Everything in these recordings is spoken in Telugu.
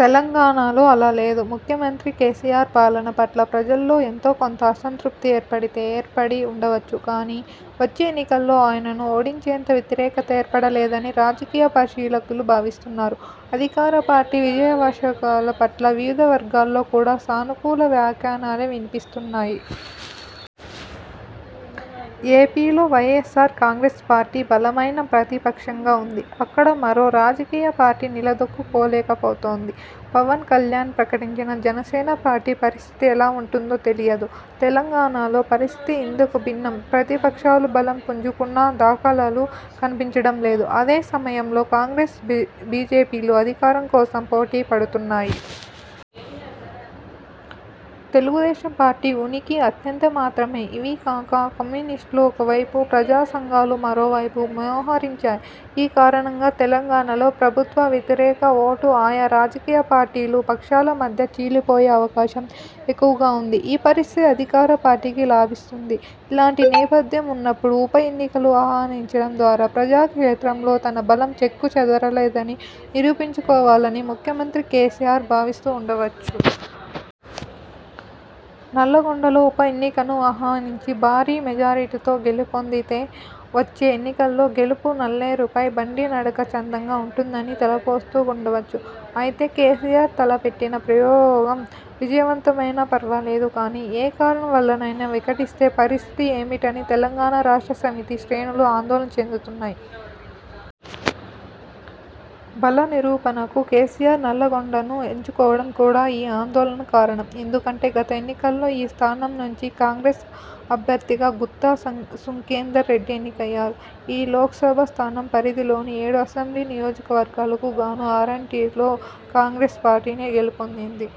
తెలంగాణలో అలా లేదు. ముఖ్యమంత్రి కేసీఆర్ పాలన పట్ల ప్రజల్లో ఎంతో కొంత అసంతృప్తి ఏర్పడితే ఏర్పడి ఉండవచ్చు గానీ, వచ్చే ఎన్నికల్లో ఆయనను ఓడించేంత వ్యతిరేకత ఏర్పడలేదని రాజకీయ పరిశీలకులు భావిస్తున్నారు. అధికార పార్టీ విజయావకాశాల పట్ల వివిధ వర్గాల్లో కూడా సానుకూల వ్యాఖ్యానాలే వినిపిస్తున్నాయి. ఏపీలో వైఎస్ఆర్ కాంగ్రెస్ పార్టీ బలమైన ప్రతిపక్షంగా ఉంది. అక్కడ మరో రాజకీయ పార్టీ నిలదొక్కుకోలేకపోతోంది. పవన్ కల్యాణ్ ప్రకటించిన జనసేన పార్టీ పరిస్థితి ఎలా ఉంటుందో తెలియదు! తెలంగాణలో పరిస్థితి ఇందుకు భిన్నం. ప్రతిపక్షాలు బలం పుంజుకున్న దాఖలాలు కనిపించడం లేదు. అదే సమయంలో, కాంగ్రెస్– బీజేపీలు అధికారం కోసం పోటీ పడుతున్నాయి. తెలుగుదేశం పార్టీ ఉనికి అంతంతమాత్రమే! ఇవికాక, కమ్యూనిస్టులు ఒకవైపు, ప్రజా సంఘాలు మరోవైపు మోహరించాయి. ఈ కారణంగా, తెలంగాణలో ప్రభుత్వ వ్యతిరేక ఓటు ఆయా రాజకీయ పార్టీలు, పక్షాల మధ్య చీలిపోయే అవకాశం ఎక్కువగా ఉంది. ఈ పరిస్థితి అధికార పార్టీకి లాభిస్తుంది. ఇలాంటి నేపథ్యం ఉన్నప్పుడు ఉప ఎన్నికను ఆహ్వానించడం ద్వారా ప్రజా క్షేత్రంలో తన బలం చెక్కుచెదరలేదని నిరూపించుకోవాలని ముఖ్యమంత్రి కేసీఆర్ భావిస్తూ ఉండవచ్చు. నల్లగొండలో ఉప ఎన్నికను ఆహ్వానించి భారీ మెజారిటీతో గెలుపొందితే, వచ్చే ఎన్నికల్లో గెలుపు నల్లేరుపై బండి నడక చందంగా ఉంటుందని తలపోస్తూ ఉండవచ్చు. అయితే, కేసీఆర్ తలపెట్టిన ప్రయోగం విజయవంతమైతే ఫర్వాలేదు. కానీ, ఏ కారణం వల్లనైనా వికటిస్తే పరిస్థితి ఏమిటని తెలంగాణ రాష్ట్ర సమితి శ్రేణులు ఆందోళన చెందుతున్నాయి. బల నిరూపణకు కేసీఆర్ నల్లగొండను ఎంచుకోవడం కూడా ఈ ఆందోళనకు కారణం! ఎందుకంటే, గత ఎన్నికల్లో ఈ స్థానం నుంచి కాంగ్రెస్ అభ్యర్థిగా గుత్తా సుఖేందర్ రెడ్డి ఎన్నికయ్యారు. ఈ లోక్సభ స్థానం పరిధిలోని ఏడు అసెంబ్లీ నియోజకవర్గాలకు గాను ఆరింటిలో కాంగ్రెస్ పార్టీనే గెలుపొందింది.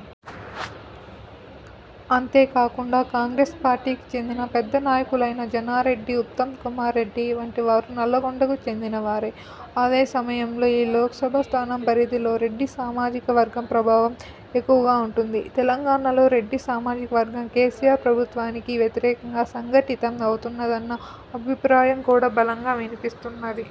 అంతేకాకుండా కాంగ్రెస్ పార్టీకి చెందిన పెద్ద నాయకులైన జానారెడ్డి, ఉత్తమ్ కుమార్ రెడ్డి వంటివారు నల్లగొండకు చెందినవారే! అదే సమయంలో, ఈ లోక్సభ స్థానం పరిధిలో రెడ్డి సామాజిక వర్గం ప్రభావం ఎక్కువగా ఉంటుంది. తెలంగాణలో రెడ్డి సామాజిక వర్గం కేసీఆర్ ప్రభుత్వానికి వ్యతిరేకంగా సంఘటితం అవుతున్నదన్న అభిప్రాయం కూడా బలంగా వినిపిస్తున్నది.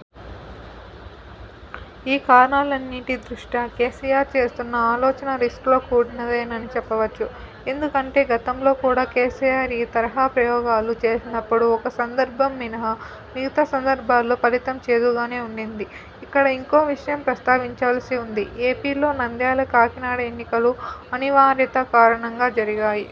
ఈ కారణాలన్నింటి దృష్ట్యా కేసీఆర్ చేస్తున్న ఆలోచన రిస్క్తో కూడినదేనని చెప్పవచ్చు. ఎందుకంటే, గతంలో కూడా కేసీఆర్ ఈ తరహా ప్రయోగాలు చేసినప్పుడు ఒక సందర్భం మినహా మిగతా సందర్భాల్లో ఫలితం చేదుగానే ఉండింది. ఇక్కడ ఇంకో విషయం ప్రస్తావించవలసి ఉంది. ఏపీలో నంద్యాల, కాకినాడ ఎన్నికలు అనివార్యత కారణంగా జరిగాయి.